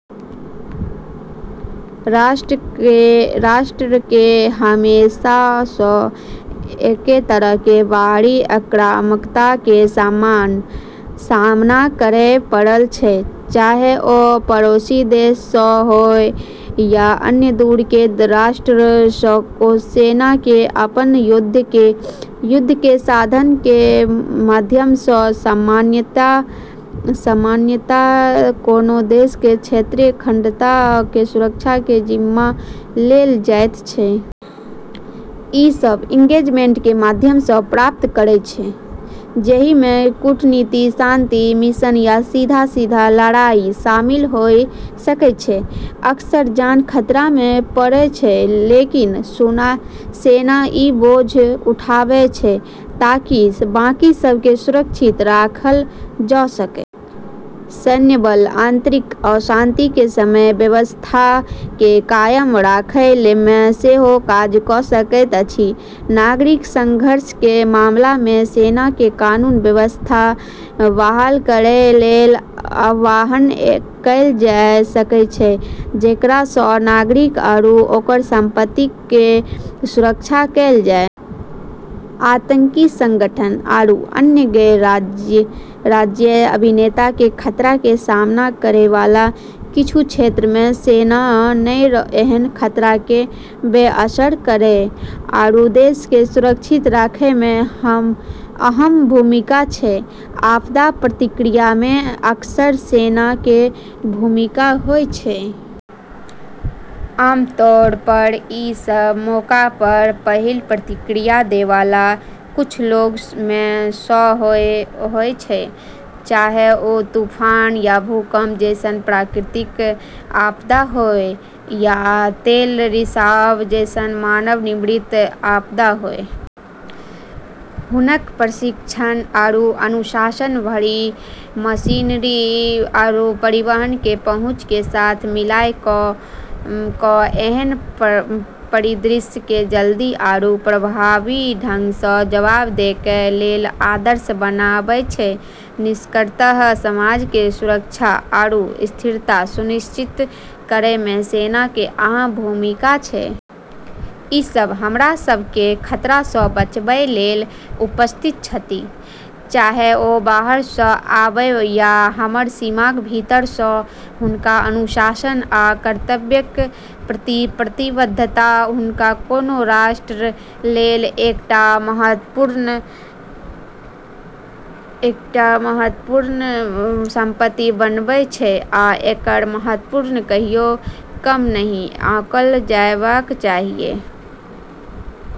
राष्ट्र के हमेशासँ एके तरह के बाहरी आक्रामकता के सामना करय पड़ल छै, चाहे ओ पड़ोसी देश सँ होय या अन्य दूर के राष्ट्र सँ। सेना के अपन युद्ध के साधन के माध्यम सँ सामान्यतया कोनो देश के क्षेत्रीय अखंडता के सुरक्षा के जिम्मा देल जाइत छै। ई सब एंगेजमेंट के माध्यम सँ प्राप्त करै छै जहि में कूटनीति, शांति मिशन या सीधा-सीधा लड़ाई शामिल होय सकै छै। अक्सर जान खतरा में पड़ै छै, लेकिन सेना ई बोझ उठाबै छै ताकि बाकी सब के सुरक्षित राखल जा सकै। सैन्य बल आंतरिक अशांति के समय में व्यवस्था के कायम राखय में सेहो काज क' सकैत अछि। नागरिक संघर्ष के मामला में सेना के कानून-व्यवस्था बहाल करै लेल आह्वान कएल जा सकै छै, जेकरा सँ नागरिक आरू ओकर संपत्ति के सुरक्षा कएल जाय। आतंकी संगठन आरू अन्य गैर-राज्यीय अभिनेता के खतरा के सामना करै वाला किछु क्षेत्र में सेना ने एहन खतरा के बेअसर करै आरू देश क सुरक्षित रखै में अहम भूमिका छै। आपदा प्रतिक्रिया में अक्सर सेना के भूमिका होय छै। आमतौर पर ई सब मौका पर पहिल प्रतिक्रिया दै वाला कुछ लोग में सँ होय छै, चाहे ओ तूफान या भूकंप जैसन प्राकृतिक आपदा होय, या तेल रिसाव जैसन मानव निर्मित आपदा होय। हुनक प्रशिक्षण आरू अनुशासन, भारी मशीनरी आरू परिवहन के पहुँच के साथ मिलाय कऽ एहन परिदृश्य के जल्दी आरू प्रभावी ढंग सँ जवाब दै के लेल आदर्श बनाबै छै। निष्कर्षतः समाज के सुरक्षा आरू स्थिरता सुनिश्चित करै में सेना के अहम भूमिका छै। ई सब हमरा सब के खतरा सँ बचबय लेल उपस्थित छथि, चाहे ओ बाहर सँ आबय या हमर सीमाक भीतर सँ। हुनक अनुशासन आ कर्तव्यक प्रति प्रतिबद्धता हुनका कोनो राष्ट्र लेल एकटा महत्वपूर्ण संपत्ति बनबै छै, आ एकर महत्व कहियो कम नहि आँकल जयबाक चाहियै।